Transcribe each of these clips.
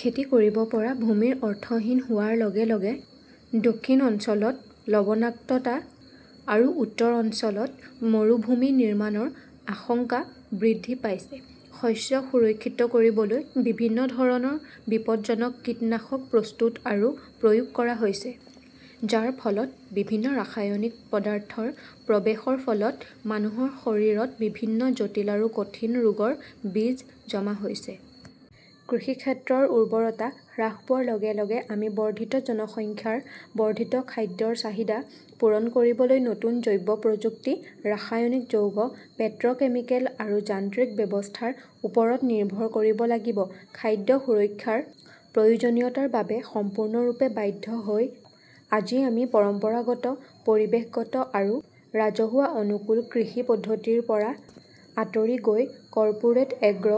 খেতি কৰিব পৰা ভূমিৰ অৰ্থহীন হোৱাৰ লগে লগে দক্ষিণ অঞ্চলত লবণাক্ততা আৰু উত্তৰ অঞ্চলত মৰুভূমি নিৰ্মাণৰ আশংকা বৃদ্ধি পাইছে। শস্য সুৰক্ষিত কৰিবলৈ বিভিন্ন ধৰণৰ বিপদজনক কীটনাশক প্ৰস্তুত আৰু প্ৰয়োগ কৰা হৈছে, যাৰ ফলত বিভিন্ন ৰাসায়নিক পদাৰ্থৰ প্ৰৱেশৰ ফলত মানুহৰ শৰীৰত বিভিন্ন জটিল আৰু কঠিন ৰোগৰ বীজ জমা হৈছে। কৃষিক্ষেত্ৰৰ উৰ্বৰতা হ্ৰাস পোৱাৰ লগে লগে আমি বৰ্ধিত জনসংখ্যাৰ বৰ্ধিত খাদ্যৰ চাহিদা পূৰণ কৰিবলৈ নতুন জৈৱ প্ৰযুক্তি, ৰাসায়নিক যৌগ, পেট্ৰʼকেমিকেল আৰু যান্ত্ৰিক ব্যৱস্থাৰ ওপৰত নিৰ্ভৰ কৰিব লাগিব। খাদ্য সুৰক্ষাৰ প্ৰয়োজনীয়তাৰ বাবে সম্পূৰ্ণৰূপে বাধ্য হৈ, আজি আমি পৰম্পৰাগত, পৰিৱেশগত আৰু ৰাজহুৱা-অনুকূল কৃষি পদ্ধতিৰ পৰা আঁতৰি গৈ কৰ্পোৰেট এগ্ৰ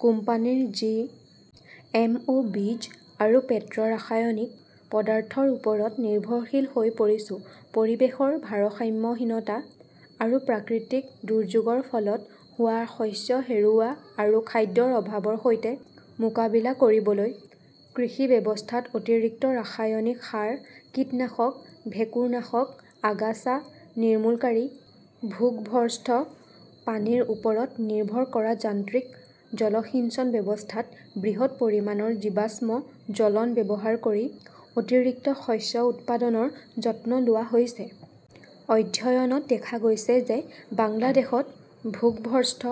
'কোম্পানীৰ জি. এম. অ'. বীজ আৰু পেট্ৰʼৰাসায়নিক পদাৰ্থৰ ওপৰত নিৰ্ভৰশীল হৈ পৰিছো। পৰিৱেশৰ ভাৰসাম্যহীনতা আৰু প্ৰাকৃতিক দুৰ্যোগৰ ফলত হোৱা শস্য হেৰুওৱা আৰু খাদ্যৰ অভাৱৰ সৈতে মোকাবিলা কৰিবলৈ কৃষি ব্যৱস্থাত অতিৰিক্ত ৰাসায়নিক সাৰ, কীটনাশক, ভেঁকুৰনাশক, আগাছা নিৰ্মূলকাৰী, ভূগৰ্ভস্থ পানীৰ ওপৰত নিৰ্ভৰ কৰা যান্ত্ৰিক জলসিঞ্চন ব্যৱস্থাত বৃহৎ পৰিমাণৰ জীৱাশ্ম জ্বলন ব্যৱহাৰ কৰি অতিৰিক্ত শস্য উৎপাদনৰ যত্ন লোৱা হৈছে। অধ্যয়নত দেখা গৈছে যে বাংলাদেশত ভূগৰ্ভস্থ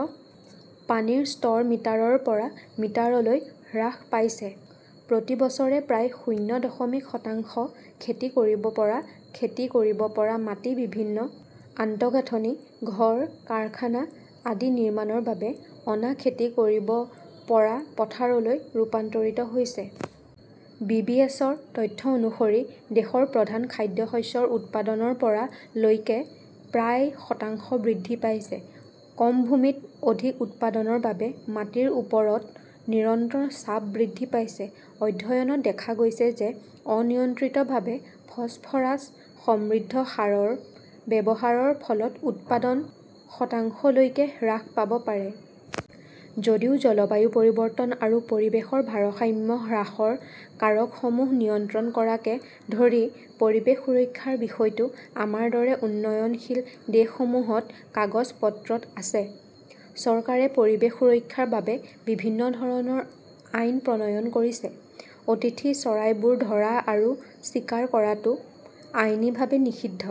পানীৰ স্তৰ মিটাৰৰ পৰা মিটাৰলৈ হ্ৰাস পাইছে। প্ৰতি বছৰে প্ৰায় শূন্য দশমিক শতাংশ খেতি কৰিব পৰা খেতি কৰিব পৰা মাটি বিভিন্ন আন্তঃগাঁথনি, ঘৰ, কাৰখানা আদি নিৰ্মাণৰ বাবে অনা-খেতি কৰিব পৰা পথাৰলৈ ৰূপান্তৰিত হৈছে। বিবিএছৰ তথ্য অনুসৰি, দেশৰ প্ৰধান খাদ্যশস্যৰ উৎপাদন ৰ পৰা লৈকে প্ৰায় শতাংশ বৃদ্ধি পাইছে। কম ভূমিত অধিক উৎপাদনৰ বাবে মাটিৰ ওপৰত নিৰন্তৰ চাপ বৃদ্ধি পাইছে। অধ্যয়নত দেখা গৈছে যে অনিয়ন্ত্ৰিতভাৱে ফছফৰাছ সমৃদ্ধ সাৰৰ ব্যৱহাৰৰ ফলত উৎপাদন শতাংশলৈকে হ্ৰাস পাব পাৰে। যদিও জলবায়ু পৰিৱৰ্তন আৰু পৰিৱেশৰ ভাৰসাম্য হ্ৰাসৰ কাৰকসমূহ নিয়ন্ত্ৰণ কৰাকে ধৰি পৰিৱেশ সুৰক্ষাৰ বিষয়টো আমাৰ দৰে উন্নয়নশীল দেশসমূহত কাগজ-পত্ৰত আছে। চৰকাৰে পৰিৱেশ সুৰক্ষাৰ বাবে বিভিন্ন ধৰণৰ আইন প্ৰণয়ন কৰিছে। অতিথি চৰাইবোৰ ধৰা আৰু চিকাৰ কৰাটো আইনীভাৱে নিষিদ্ধ।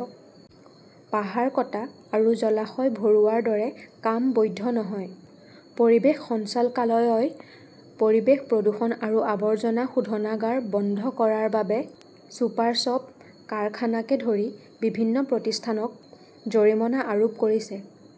পাহাৰ কটা আৰু জলাশয় ভৰোৱাৰ দৰে কাম বৈধ নহয়। পৰিৱেশ সঞ্চালকালয়ই পৰিৱেশ প্ৰদূষণ আৰু আৱৰ্জনা শোধনাগাৰ বন্ধ কৰাৰ বাবে চুপাৰশ্বপ, কাৰখানাকে ধৰি বিভিন্ন প্ৰতিষ্ঠানক জৰিমনা আৰোপ কৰিছে।